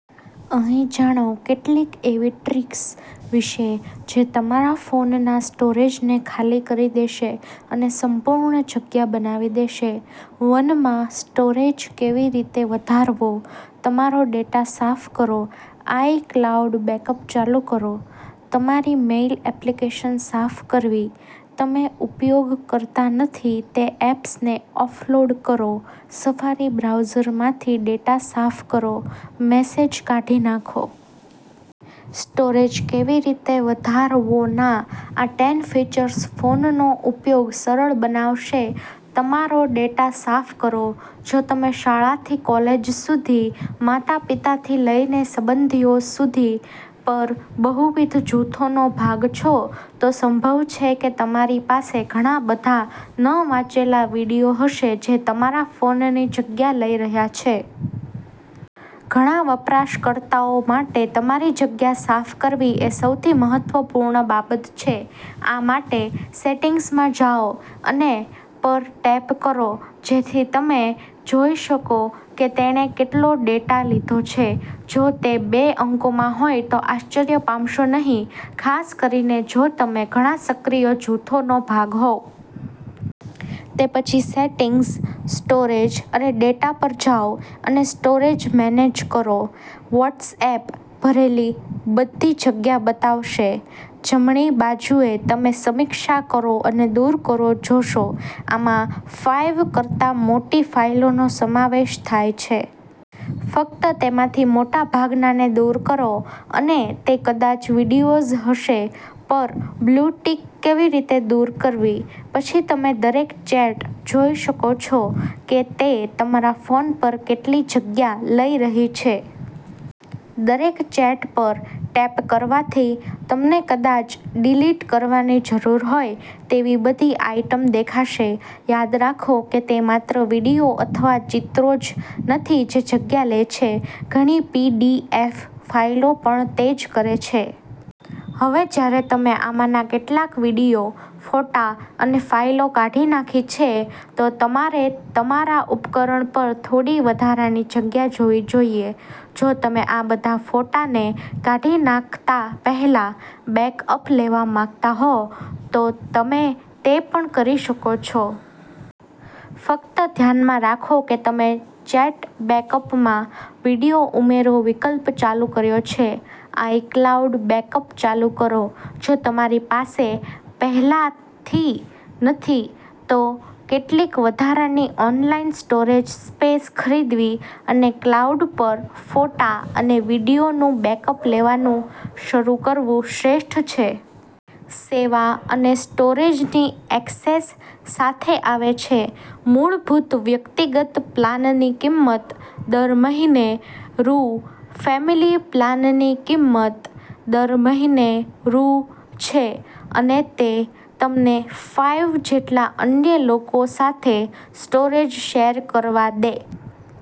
અહીં જાણો કેટલીક એવી ટ્રિક્સ વિશે જે તમારા ફોનના સ્ટોરેજને ખાલી કરી દેશે અને સંપૂર્ણ જગ્યા બનાવી દેશે. વન માં સ્ટોરેજ કેવી રીતે વધારવો તમારો ડેટા સાફ કરો આઇક્લાઉડ બેકઅપ ચાલુ કરો તમારી મેઇલ એપ્લિકેશન સાફ કરવી તમે ઉપયોગ કરતા નથી તે એપ્સને ઓફલોડ કરો સફારી બ્રાઉઝરમાંથી ડેટા સાફ કરો મેસેજ કાઢી નાખો. સ્ટોરેજ કેવી રીતે વધારવોના આ ટેન ફીચર્સ ફોનનો ઉપયોગ સરળ બનાવશે તમારો ડેટા સાફ કરો. જો તમે શાળાથી કોલેજ સુધી, માતા-પિતાથી લઈને સંબંધીઓ સુધી પર બહુવિધ જૂથોનો ભાગ છો, તો સંભવ છે કે તમારી પાસે ઘણા બધા ન વાંચેલા વીડિયો હશે જે તમારા ફોનની જગ્યા લઈ રહ્યા છે. ઘણા વપરાશકર્તાઓ માટે તમારી જગ્યા સાફ કરવી એ સૌથી મહત્વપૂર્ણ બાબત છે. આ માટે, સેટિંગ્સમાં જાઓ અને પર ટેપ કરો, જેથી તમે જોઈ શકો કે તેણે કેટલો ડેટા લીધો છે. જો તે બે અંકોમાં હોય તો આશ્ચર્ય પામશો નહીં, ખાસ કરીને જો તમે ઘણા સક્રિય જૂથોનો ભાગ હોવ. તે પછી સેટિંગ્સ, સ્ટોરેજ અને ડેટા પર જાઓ અને સ્ટોરેજ મેનેજ કરો. વોટ્સએપ ભરેલી બધી જગ્યા બતાવશે. જમણી બાજુએ તમે 'સમીક્ષા કરો અને દૂર કરો' જોશો. આમાં ફાઈવ કરતાં મોટી ફાઇલોનો સમાવેશ થાય છે. ફક્ત તેમાંથી મોટાભાગનાને દૂર કરો અને તે કદાચ વિડિઓઝ હશે. પર બ્લુ ટિક કેવી રીતે દૂર કરવી? પછી તમે દરેક ચેટ જોઈ શકો છો કે તે તમારા ફોન પર કેટલી જગ્યા લઈ રહી છે. દરેક ચેટ પર ટેપ કરવાથી તમને કદાચ ડિલીટ કરવાની જરૂર હોય તેવી બધી આઇટમ દેખાશે. યાદ રાખો કે તે માત્ર વિડિયો અથવા ચિત્રો જ નથી જે જગ્યા લે છે, ઘણી પીડીએફ ફાઇલો પણ તે જ કરે છે. હવે જ્યારે તમે આમાંના કેટલાક વિડિયો, ફોટા અને ફાઇલો કાઢી નાખી છે, તો તમારે તમારા ઉપકરણ પર થોડી વધારાની જગ્યા જોવી જોઈએ. જો તમે આ બધા ફોટાને કાઢી નાખતા પહેલા બેકઅપ લેવા માંગતા હો, તો તમે તે પણ કરી શકો છો. ફક્ત ધ્યાનમાં રાખો કે તમે ચેટ બેકઅપમાં 'વિડીયો ઉમેરો' વિકલ્પ ચાલુ કર્યો છે. આઇક્લાઉડ બેકઅપ ચાલુ કરો. જો તમારી પાસે પહેલાથી નથી, તો કેટલીક વધારાની ઓનલાઈન સ્ટોરેજ સ્પેસ ખરીદવી અને ક્લાઉડ પર ફોટા અને વીડિયોનું બેકઅપ લેવાનું શરૂ કરવું શ્રેષ્ઠ છે. સેવા અને સ્ટોરેજની ઍક્સેસ સાથે આવે છે. મૂળભૂત વ્યક્તિગત પ્લાનની કિંમત દર મહિને રૂ. ફેમિલી પ્લાનની કિંમત દર મહિને રૂ. છે અને તે તમને ફાઈવ જેટલા અન્ય લોકો સાથે સ્ટોરેજ શેર કરવા દે